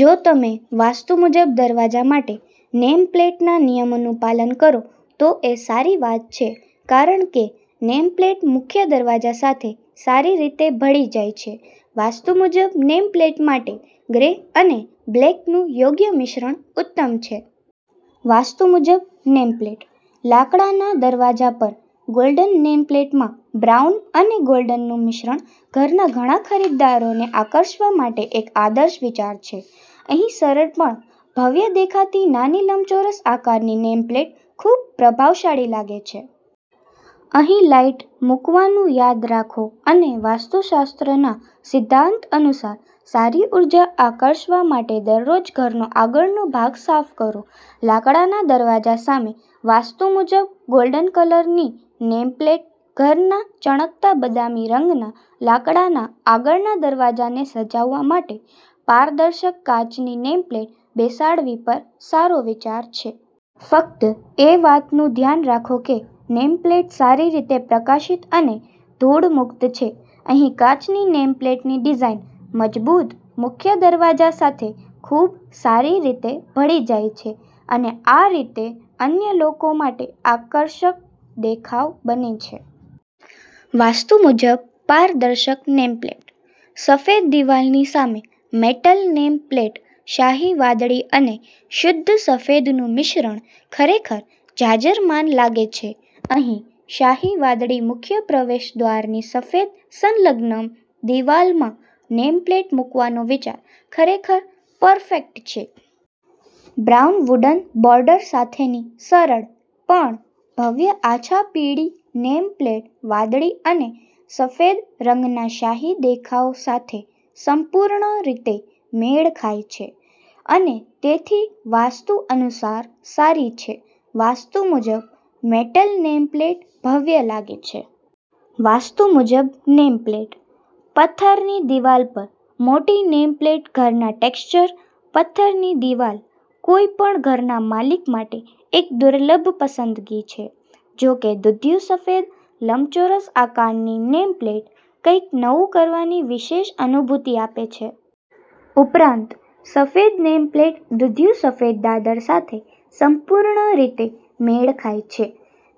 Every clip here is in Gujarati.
જો તમે વાસ્તુ મુજબ દરવાજા માટે નેમ પ્લેટના નિયમોનું પાલન કરો તો એ સારી વાત છે કારણ કે નેમપ્લેટ મુખ્ય દરવાજા સાથે સારી રીતે ભળી જાય છે. વાસ્તુ મુજબ નેમ પ્લેટ માટે ગ્રે અને બ્લેકનું યોગ્ય મિશ્રણ ઉત્તમ છે. વાસ્તુ મુજબ નેમ પ્લેટઃ લાકડાના દરવાજા પર ગોલ્ડન નેમ પ્લેટમાં બ્રાઉન અને ગોલ્ડનનું મિશ્રણ ઘરના ઘણા ખરીદદારોને આકર્ષવા માટે એક આદર્શ વિચાર છે. અહીં સરળ પણ ભવ્ય દેખાતી નાની લંબચોરસ આકારની નેમ પ્લેટ ખૂબ પ્રભાવશાળી લાગે છે. અહીં લાઇટ મૂકવાનું યાદ રાખો અને વાસ્તુશાસ્ત્રના સિદ્ધાંત અનુસાર સારી ઉર્જા આકર્ષવા માટે દરરોજ ઘરનો આગળનો ભાગ સાફ કરો. લાકડાના દરવાજા સામે વાસ્તુ મુજબ ગોલ્ડન કલરની નેમ પ્લેટ: ઘરના ચળકતા બદામી રંગના લાકડાના આગળના દરવાજાને સજાવવા માટે પારદર્શક કાચની નેમ પ્લેટ બેસાડવી પણ સારો વિચાર છે. ફક્ત એ વાતનું ધ્યાન રાખો કે નેમપ્લેટ સારી રીતે પ્રકાશિત અને ધૂળ મુક્ત છે. અહીં કાચની નેમ પ્લેટની ડિઝાઇન મજબૂત મુખ્ય દરવાજા સાથે ખૂબ સારી રીતે ભળી જાય છે અને આ રીતે અન્ય લોકો માટે આકર્ષક દેખાવ બને છે. વાસ્તુ મુજબ પારદર્શક નેમ પ્લેટ: સફેદ દિવાલની સામે મેટલ નેમ પ્લેટ શાહી વાદળી અને શુદ્ધ સફેદનું મિશ્રણ ખરેખર જાજરમાન લાગે છે. અહીં શાહી વાદળી મુખ્ય પ્રવેશદ્વારની સફેદ સંલગ્ન દિવાલમાં નેમ પ્લેટ મૂકવાનો વિચાર ખરેખર પરફેક્ટ છે. બ્રાઉન વુડન બોર્ડર સાથેની સરળ પણ ભવ્ય આછા પીળી નેમ પ્લેટ વાદળી અને સફેદ રંગનાશાહી દેખાવ સાથે સંપૂર્ણ રીતે મેળ ખાય છે અને તેથી વાસ્તુ અનુસાર સારી છે. વાસ્તુ મુજબ મેટલ નેમ પ્લેટ ભવ્ય લાગે છે. વાસ્તુ મુજબ નેમ પ્લેટઃ પથ્થરની દિવાલ પર મોટી નેમ પ્લેટ ઘરના ટેક્ષ્ચર પથ્થરની દિવાલ કોઈપણ ઘરના માલિક માટે એક દુર્લભ પસંદગી છે. જો કે, દૂધિયું સફેદ લંબચોરસ આકારની નેમ પ્લેટ કંઈક નવું કરવાની વિશેષ અનુભૂતિ આપે છે. ઉપરાંત, સફેદ નેમ પ્લેટ દૂધિયું સફેદ દાદર સાથે સંપૂર્ણ રીતે મેળ ખાય છે.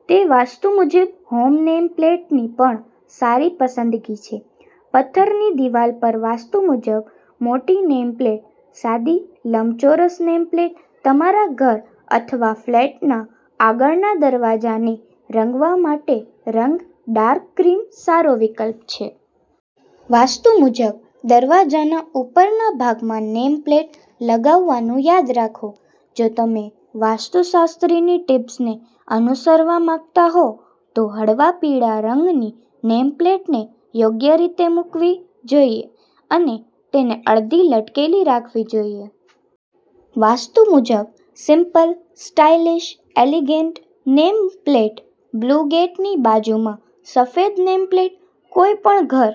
તે વાસ્તુ મુજબ હોમ નેમ પ્લેટની પણ સારી પસંદગી છે. પથ્થરની દિવાલ પર વાસ્તુ મુજબ મોટી નેમ પ્લેટ: સાદી લંબચોરસ નેમ પ્લેટ તમારા ઘર અથવા ફ્લેટના આગળના દરવાજાને રંગવા માટે રંગ ડાર્ક ક્રીમ સારો વિકલ્પ છે. વાસ્તુ મુજબ દરવાજાના ઉપરના ભાગમાં નેમ પ્લેટ લગાવવાનું યાદ રાખો. જો તમે વાસ્તુશાસ્ત્રની ટીપ્સને અનુસરવા માંગતા હો તો હળવા પીળા રંગની નેમ પ્લેટને યોગ્ય રીતે મૂકવી જોઈએ અને તેને અડધી લટકેલી રાખવી જોઈએ. વાસ્તુ મુજબ સિમ્પલ-સ્ટાઈલિશ-એલિગન્ટ નેમ પ્લેટ: બ્લુ ગેટની બાજુમાં સફેદ નેમ પ્લેટ કોઈપણ ઘર